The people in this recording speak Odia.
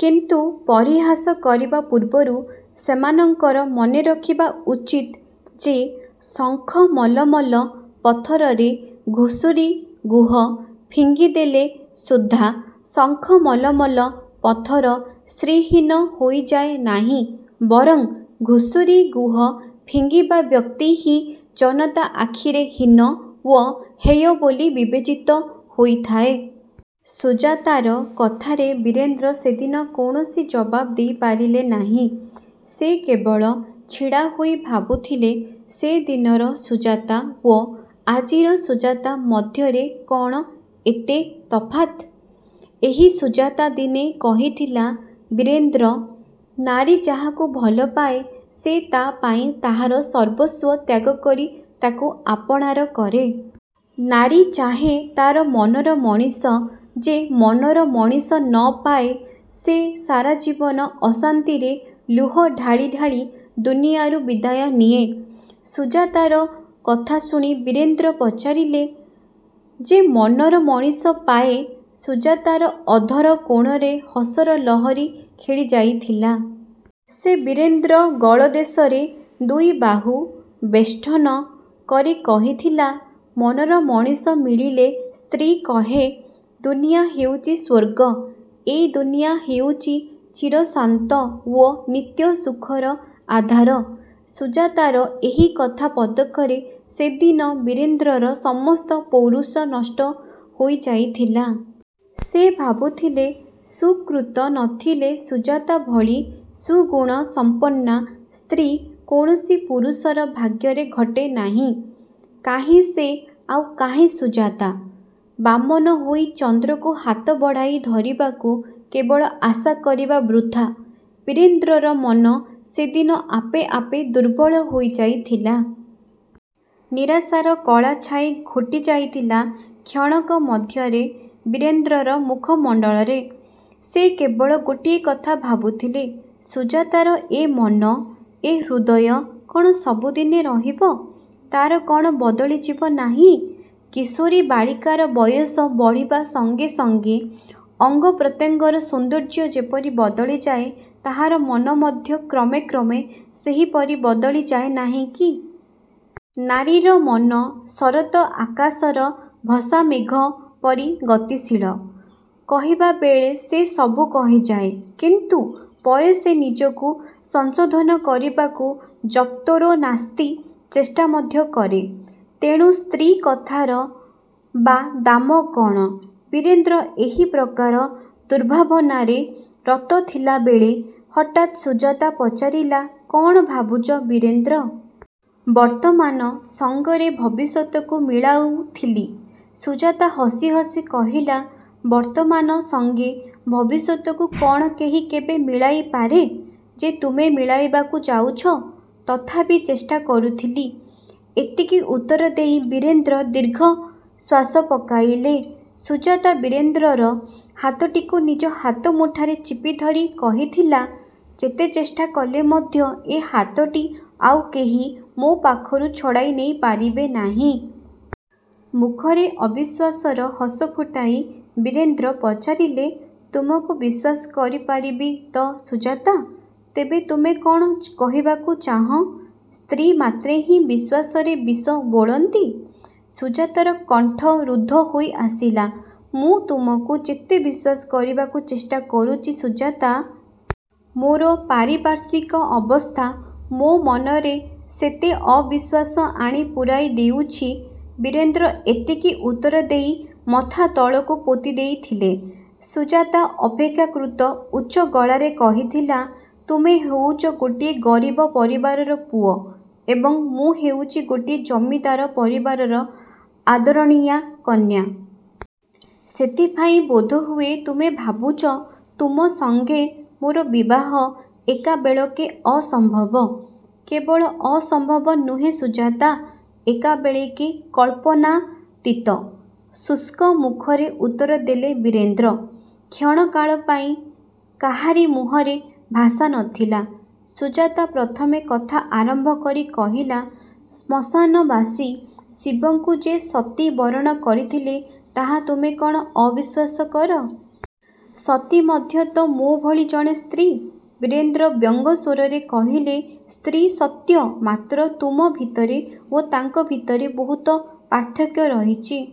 କିନ୍ତୁ ପରିହାସ କରିବା ପୂର୍ବରୁ ସେମାନଙ୍କର ମନେରଖିବା ଉଚିତ ଯେ ଶଙ୍ଖମଲମଲ ପଥରରେ ଘୁଷୁରି ଗୁହ ଫିଙ୍ଗିଦେଲେ ସୁଦ୍ଧା ଶଙ୍ଖମଲମଲ ପଥର ଶ୍ରୀହୀନ ହୋଇଯାଏ ନାହିଁ, ବରଂ ଘୁଷୁରି ଗୁହ ଫିଙ୍ଗିବା ବ୍ୟକ୍ତି ହିଁ ଜନତା ଆଖିରେ ହୀନ ଓ ହେୟ ବୋଲି ବିବେଚିତ ହୋଇଥାଏ। '' ସୁଜାତାର କଥାରେ ବୀରେନ୍ଦ୍ର ସେଦିନ କୌଣସି ଜବାବ୍ ଦେଇପାରିଲେ ନାହିଁ। ସେ କେବଳ ଛିଡ଼ାହୋଇ ଭାବୁଥିଲେ ସେଦିନର ସୁଜାତା ଓ ଆଜିର ସୁଜାତା ମଧ୍ୟରେ କ'ଣ ଏତେ ତଫାତ୍? ଏହି ସୁଜାତା ଦିନେ କହିଥିଲା ''ବୀରେନ୍ଦ୍ର! ନାରୀ ଯାହାକୁ ଭଲପାଏ ସେ ତା' ପାଇଁ ତାହାର ସର୍ବସ୍ୱ ତ୍ୟାଗ କରି ତାକୁ ଆପଣାର କରେ। ନାରୀ ଚାହେଁ ତା'ର ମନର ମଣିଷ। ଯେ ମନର ମଣିଷ ନ ପାଏ ସେ ସାରା ଜୀବନ ଅଶାନ୍ତିରେ ଲୁହ ଢାଳି ଢାଳି ଦୁନିଆରୁ ବିଦାୟ ନିଏ। '' ସୁଜାତାର କଥା ଶୁଣି ବୀରେନ୍ଦ୍ର ପଚାରିଲେ ''ଯେ ମନର ମଣିଷ ପାଏ? '' ସୁଜାତାର ଅଧର କୋଣରେ ହସର ଲହରୀ ଖେଳିଯାଇଥିଲା। ସେ ବୀରେନ୍ଦ୍ରର ଗଳଦେଶରେ ଦୁଇବାହୁ ବେଷ୍ଟନ କରି କହିଥିଲା ''ମନର ମଣିଷ ମିଳିଲେ ସ୍ତ୍ରୀ କହେ ଦୁନିଆ ହେଉଛି ସ୍ୱର୍ଗ। ଏହି ଦୁନିଆ ହେଉଛି ଚିରଶାନ୍ତ ଓ ନିତ୍ୟ ସୁଖର ଆଧାର। '' ସୁଜାତାର ଏହି କଥା ପଦକରେ ସେଦିନ ବୀରେନ୍ଦ୍ରର ସମସ୍ତ ପୌରୁଷ ନଷ୍ଟ ହୋଇଯାଇଥିଲା। ସେ ଭାବୁଥିଲେ ସୁକୃତ ନ ଥିଲେ ସୁଜାତା ଭଳି ସୁଗୁଣ ସମ୍ପନ୍ନା ସ୍ତ୍ରୀ କୌଣସି ପୁରୁଷର ଭାଗ୍ୟରେ ଘଟେ ନାହିଁ। କାହିଁ ସେ, ଆଉ କାହିଁ ସୁଜାତା? ବାମନ ହୋଇ ଚନ୍ଦ୍ରକୁ ହାତ ବଢ଼ାଇ ଧରିବାକୁ କେବଳ ଆଶା କରିବା ବୃଥା। ବୀରେନ୍ଦ୍ରର ମନ ସେଦିନ ଆପେ ଆପେ ଦୁର୍ବଳ ହୋଇଯାଇଥିଲା। ନିରାଶାର କଳା ଛାଇ ଘୋଟିଯାଇଥିଲା କ୍ଷଣକ ମଧ୍ୟରେ ବୀରେନ୍ଦ୍ରର ମୁଖମଣ୍ଡଳରେ। ସେ କେବଳ ଗୋଟିଏ କଥା ଭାବୁଥିଲେ। ସୁଜାତାର ଏ ମନ, ଏ ହୃଦୟ କ'ଣ ସବୁଦିନେ ରହିବ? ତାହା କ'ଣ ବଦଳି ଯିବ ନାହିଁ? କିଶୋରୀ ବାଳିକାର ବୟସ ବଢ଼ିବା ସଙ୍ଗେ ସଙ୍ଗେ ଅଙ୍ଗ ପ୍ରତ୍ୟଙ୍ଗର ସୌନ୍ଦର୍ଯ୍ୟ ଯେପରି ବଦଳିଯାଏ ତାହାର ମନ ମଧ୍ୟ କ୍ରମେ କ୍ରମେ ସେହିପରି ବଦଳିଯାଏ ନାହିଁ କି? ନାରୀର ମନ ଶରତ ଆକାଶର ଭସାମେଘ ପରି ଗତିଶୀଳ। କହିବାବେଳେ ସେ ସବୁ କହିଯାଏ; କିନ୍ତୁ ପରେ ସେ ନିଜକୁ ସଂଶୋଧନ କରିବାକୁ ଯତ୍ପରୋନାସ୍ତି ଚେଷ୍ଟା ମଧ୍ୟ କରେ। ତେଣୁ ସ୍ତ୍ରୀ କଥାର ବା ଦାମ କ'ଣ? ବୀରେନ୍ଦ୍ର ଏହିପ୍ରକାର ଦୁର୍ଭାବନାରେ ରତ ଥିଲାବେଳେ ହଠାତ୍ ସୁଜାତା ପଚାରିଲା, ''କ'ଣ ଭାବୁଛ ବୀରେନ୍ଦ୍ର? '' ''ବର୍ତ୍ତମାନ ସଙ୍ଗରେ ଭବିଷ୍ୟତକୁ ମିଳାଉଥିଲି। '' ସୁଜାତା ହସି ହସି କହିଲା, ''ବର୍ତ୍ତମାନ ସଙ୍ଗେ ଭବିଷ୍ୟତକୁ କ'ଣ କେହି କେବେ ମିଳାଇପାରେ ଯେ ତୁମେ ମିଳାଇବାକୁ ଯାଉଛ? '' ''ତଥାପି ଚେଷ୍ଟା କରୁଥିଲି। '' ଏତିକି ଉତ୍ତର ଦେଇ ବୀରେନ୍ଦ୍ର ଦୀର୍ଘଶ୍ୱାସ ପକାଇଲେ। ସୁଜାତା ବୀରେନ୍ଦ୍ରର ହାତଟିକୁ ନିଜ ହାତମୁଠାରେ ଚିପିଧରି କହିଥିଲା, ''ଯେତେ ଚେଷ୍ଟା କଲେ ମଧ୍ୟ ଏ ହାତଟି ଆଉ କେହି ମୋ ପାଖରୁ ଛଡ଼ାଇ ନେଇ ପାରିବ ନାହିଁ। '' ମୁଖରେ ଅବିଶ୍ୱାସର ହସ ଫୁଟାଇ ବୀରେନ୍ଦ୍ର ପଚାରିଲେ ''ତୁମକୁ ବିଶ୍ୱାସ କରିପାରିବି ତ ସୁଜାତା? '' ''ତେବେ ତୁମେ କ'ଣ କହିବାକୁ ଚାହଁ, ସ୍ତ୍ରୀ ମାତ୍ରେହିଁ ବିଶ୍ୱାସରେ ବିଷ ବୋଳନ୍ତି? '' ସୁଜାତାର କଣ୍ଠ ରୁଦ୍ଧ ହୋଇଆସିଲା। '' ମୁଁ ତୁମକୁ ଯେତେ ବିଶ୍ୱାସ କରିବାକୁ ଚେଷ୍ଟା କରୁଛି ସୁଜାତା! ମୋର ପାରିପାର୍ଶ୍ୱିକ ଅବସ୍ଥା ମୋ ମନରେ ସେତେ ଅବିଶ୍ୱାସ ଆଣି ପୂରାଇ ଦେଉଛି। ବୀରେନ୍ଦ୍ର ଏତିକି ଉତ୍ତରଦେଇ ମଥା ତଳକୁ ପୋତିଦେଇଥିଲେ। ସୁଜାତା ଅପେକ୍ଷାକୃତ ଉଚ୍ଚ ଗଳାରେ କହିଥିଲା, ''ତୁମେ ହେଉଛ ଗୋଟିଏ ଗରିବ ପରିବାରର ପୁଅ ଏବଂ ମୁଁ ହେଉଛି ଗୋଟିଏ ଜମିଦାର ପରିବାରର ଆଦରଣୀୟା କନ୍ୟା। ସେଥିପାଇଁ ବୋଧହୁଏ ତୁମେ ଭାବୁଛ ତୁମ ସଙ୍ଗେ ମୋର ବିବାହ ଏକାବେଳକେ ଅସମ୍ଭବ। '' ''କେବଳ ଅସମ୍ଭବ ନୁହେଁ ସୁଜାତା! ଏକାବେଳକେ କଳ୍ପନାତୀତ। ଶୁଷ୍କ ମୁଖରେ ଉତ୍ତରଦେଲେ ବୀରେନ୍ଦ୍ର। '' କ୍ଷଣକାଳ ପାଇଁ କାହାରି ମୁହଁରେ ଭାଷା ନ ଥିଲା। ସୁଜାତା ପ୍ରଥମେ କଥା ଆରମ୍ଭ କରି କହିଲା, ''ଶ୍ମଶାନବାସୀ ଶିବଙ୍କୁ ଯେ ସତୀ ବରଣ କରିଥିଲେ ତାହା ତୁମେ କ'ଣ ଅବିଶ୍ୱାସ କର? ସତୀ ମଧ୍ୟ ତ ମୋ ଭଳି ଜଣେ ସ୍ତ୍ରୀ। '' ବୀରେଦ୍ର ବ୍ୟଙ୍ଗ ସ୍ୱରରେ କହିଲେ, ''ସ୍ତ୍ରୀ ସତ୍ୟ, ମାତ୍ର ତୁମ ଭିତରେ ଓ ତାଙ୍କ ଭିତରେ ବହୁତ ପାର୍ଥକ୍ୟ ରହିଛି।